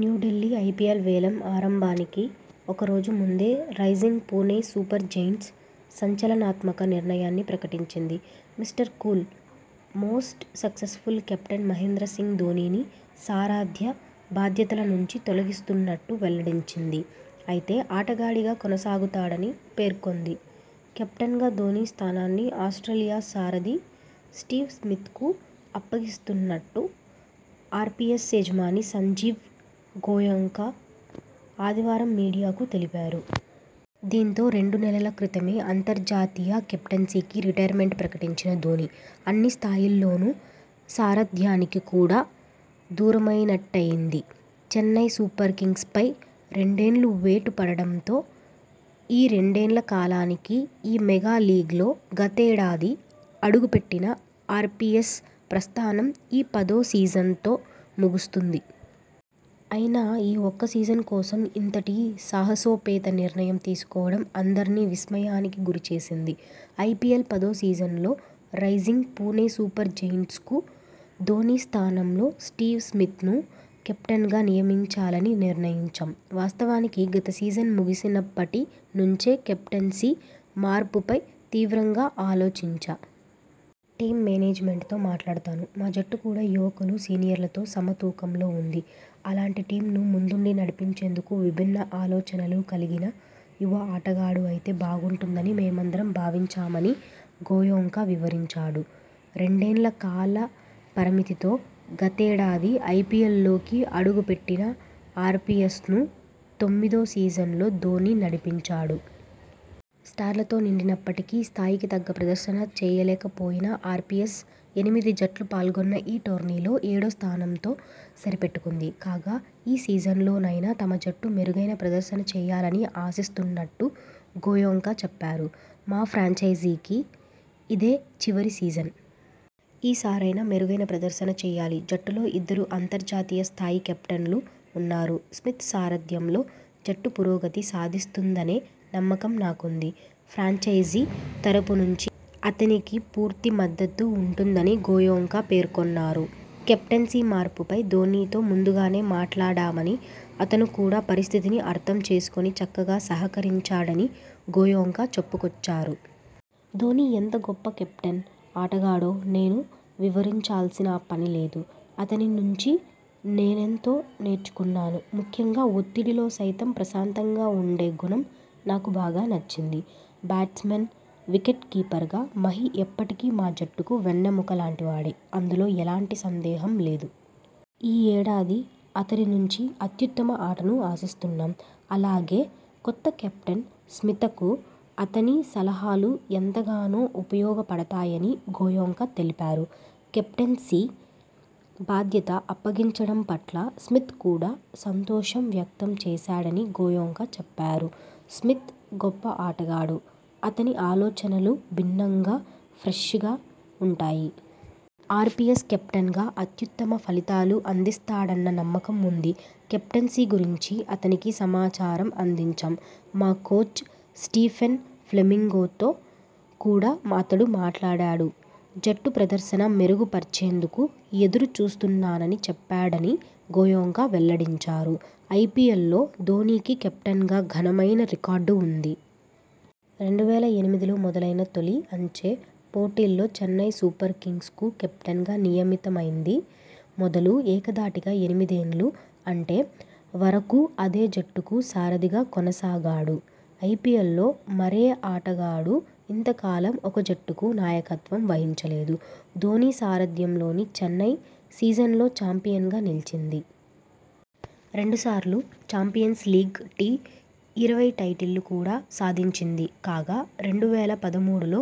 New Delhi IPL వేలం ఆరంభానికి ఒక రోజు ముందే రైజింగ్ పుణె సూపర్ జెయింట్స్ సంచలనాత్మక నిర్ణయాన్ని ప్రకటించింది. Mister Cool, most successful captain Mahendra Singh ధోనీని సారథ్య బాధ్యతల నుంచి తొలగిస్తున్నట్టు వెల్లడించింది. అయితే ఆటగాడిగా కొనసాగుతాడని పేర్కొంది. కెప్టెన్గా ధోనీ స్థానాన్ని ఆస్ట్రేలియా సారథి స్టీవ్ స్మిత్ కు అప్పగిస్తున్నట్టు ఆర్పీఎస్ యజమాని సంజీవ్ గోయెంకా ఆదివారం మీడియాకు తెలిపారు. దీంతో రెండు నెలల క్రితమే అంతర్జాతీయ కెప్టెన్సీకి రిటైర్మెంట్ ప్రకటించిన ధోనీ.. అన్ని స్థాయిల్లోనూ సారథ్యానికి కూడా దూరమై నట్టయింది. చెన్నై సూప ర్ కింగ్స్పై రెండేళ్లు వేటు పడడంతో ఈ రెండేళ్ల కాలానికి ఈ మెగా లీగ్లో గతేడాది అడుగు పెట్టిన ఆర్పీఎస్ ప్ర స్థానం ఈ పదో సీజన్తో ముగుస్తుంది. అయినా ఈ ఒక్క సీజన్ కోసం ఇంతటి సాహసో పేత నిర్ణయం తీసుకోవడం అందర్నీ విస్మయానికి గురి చేసింది. ఐపీఎల్ పదో సీజన్లో రైజింగ్ పుణె సూపర్ జెయింట్స్కు ధోనీ స్థానంలో స్టీవ్ స్మిత్ ను కెప్టెన్గా నియమించాలని నిర్ణయించాం. వాస్తవానికి గత సీజన్ ముగిసినప్పటి నుంచే కెప్టెన్సీ మార్పు పై తీవ్రంగా ఆలోచించా. టీమ్ మేనేజ్మెంట్తో మాట్లాడాను. మా జట్టు కూడా యువకులు, సీనియర్లతో సమ తూకంలో ఉంది. అలాంటి టీమ్ను ముందుండి నడిపించేందుకు విభిన్న ఆలోచనలు కలిగిన యువ ఆటగాడు అయితే బాగుంటుందని మేమందరం భావించామని గోయెంకా వివరించాడు. రెండేళ్ల కాల పరిమితి తో గతేడాది ఐపీఎల్లోకి అడుగు పెట్టిన ఆర్పీఎస్ను తొమ్మిదో సీజన్లో ధోనీ నడిపించాడు. స్టార్లతో నిండి నప్పటికీ స్థాయికి తగ్గ ప్రదర్శన చేయలేక పోయిన ఆర్పీఎస్ ఎనిమిది జట్లు పాల్గొన్న ఈ టోర్నీలో ఏడో స్థానంతో సరి పెట్టుకుంది. కాగా, ఈ సీజన్లో నైనా తమ జట్టు మెరుగైన ప్రదర్శన చేయాలని ఆశిస్తున్నట్టు గోయెంకా చెప్పారు. మా ఫ్రాంచైజీ కిదే చివరి సీజన్. ఈ సారైనా మెరుగైన ప్రదర్శన చేయాలి. జట్టులో ఇద్దరు అంతర్జాతీయ స్థాయి కెప్టెన్లు ఉన్నారు. స్మిత్ సారథ్యంలో జట్టు పురోగతి సాధిస్తుందనే నమ్మకం నాకుంది. ఫ్రాంచైజీ తరఫు నుంచి అతనికి పూర్తి మద్దతు ఉంటుందని గోయెంకా పేర్కొన్నారు. కెప్టెన్సీ మార్పుపై ధోనీతో ముందుగానే మాట్లాడామని, అతను కూడా పరిస్థితిని అర్థం చేసుకుని చక్కగా సహకరించాడని గోయెంకా చెప్పుకొచ్చారు. ధోనీ ఎంత గొప్ప కెప్టెన్, ఆటగాడో నేను వివరించాల్సిన పనిలేదు. అతని నుంచి నేనెంతో నేర్చుకున్నాను. ముఖ్యంగా ఒత్తిడిలో సైతం ప్రశాంతంగా ఉండే గుణం నాకు బాగా నచ్చింది. బ్యాట్స్మన్, వికెట్ కీపర్గా మహీ ఇప్పటికీ మా జట్టుకు వెన్నెముక లాంటి వాడే. అందులో ఎలాంటి సందేహం లేదు. ఈ ఏడాది అతని నుంచి అత్యుత్తమ ఆటను ఆశిస్తున్నాం. అలాగే కొత్త కెప్టెన్ స్మితకు అతని సలహాలు ఎంతగానో ఉపయోగ పడతాయని గోయెంకా తెలిపారు. కెప్టెన్సీ బాధ్యత అప్పగించడం పట్ల స్మిత్ కూడా సంతోషం వ్యక్తం చేశాడని గోయెంకా చెప్పారు. స్మిత్ గొప్ప ఆటగాడు. అతని ఆలోచనలు భిన్నం గా, ఫ్రెష్గా ఉంటాయి. ఆర్పీఎస్ కెప్టెన్గా అత్యుత్తమ ఫలితాలు అందిస్తాడన్న నమ్మకం ఉంది. కెప్టెన్సీ గురించి అతనికి సమాచారం అందించాం. మా కోచ్ స్టీఫెన్ ఫ్లెమింగ్తో కూడా అతడు మాట్లాడాడు. జట్టు ప్రదర్శన మెరుగు పర్చేందుకు ఎదురు చూస్తున్నానని చెప్పాడని గోయెంకా వెల్లడించారు. ఐపీఎల్లో ధోనీకి కెప్టెన్గా ఘనమైన రికార్డు ఉంది. రెండు వేల ఎనిమిదిలో మొదలైన తొలి అంచె పోటీల్లో చెన్నై సూపర్ కింగ్స్కు కెప్టెన్గా నియమిత మైంది మొదలు ఏకధాటిగా ఎనిమిదేళ్లు, అంటే వరకూ అదే జట్టుకు సారథిగా కొనసాగాడు. ఐపీఎల్లో మరే ఆటగాడూ ఇంత కాలం ఒక జట్టుకు నాయకత్వం వహించలేదు. ధోనీ సారథ్యంలోని చెన్నై, సీజన్లలో చాంపియన్గా నిలిచింది. రెండు సార్లు చాంపియన్స్ లీగ్ టీ ,ఇరవై టైటిళ్లు కూడా సాధించింది కాగా, రెండు వేల పదమూడులో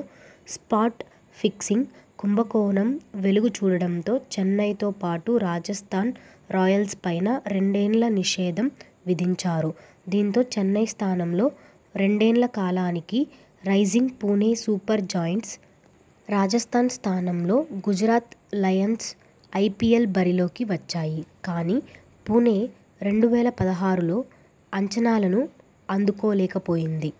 స్పాట్ ఫిక్సింగ్ కుంభ కోణం వెలుగు చూడడంతో చెన్నైతో పాటు రాజస్థాన్ రాయల్స్పైనా రెండేళ్ల నిషేధం విధించారు దీంతో చెన్నై స్థానంలో రెండేళ్ల కాలానికి Rising Pune Super Giants, Rajasthan స్థానంలో గుజరాత్ లయన్స్ ఐపీఎల్ బరిలోకి వచ్చాయి. కానీ, పుణె రెండు వేల పదహారులో అంచనాలను అందుకో లేకపోయింది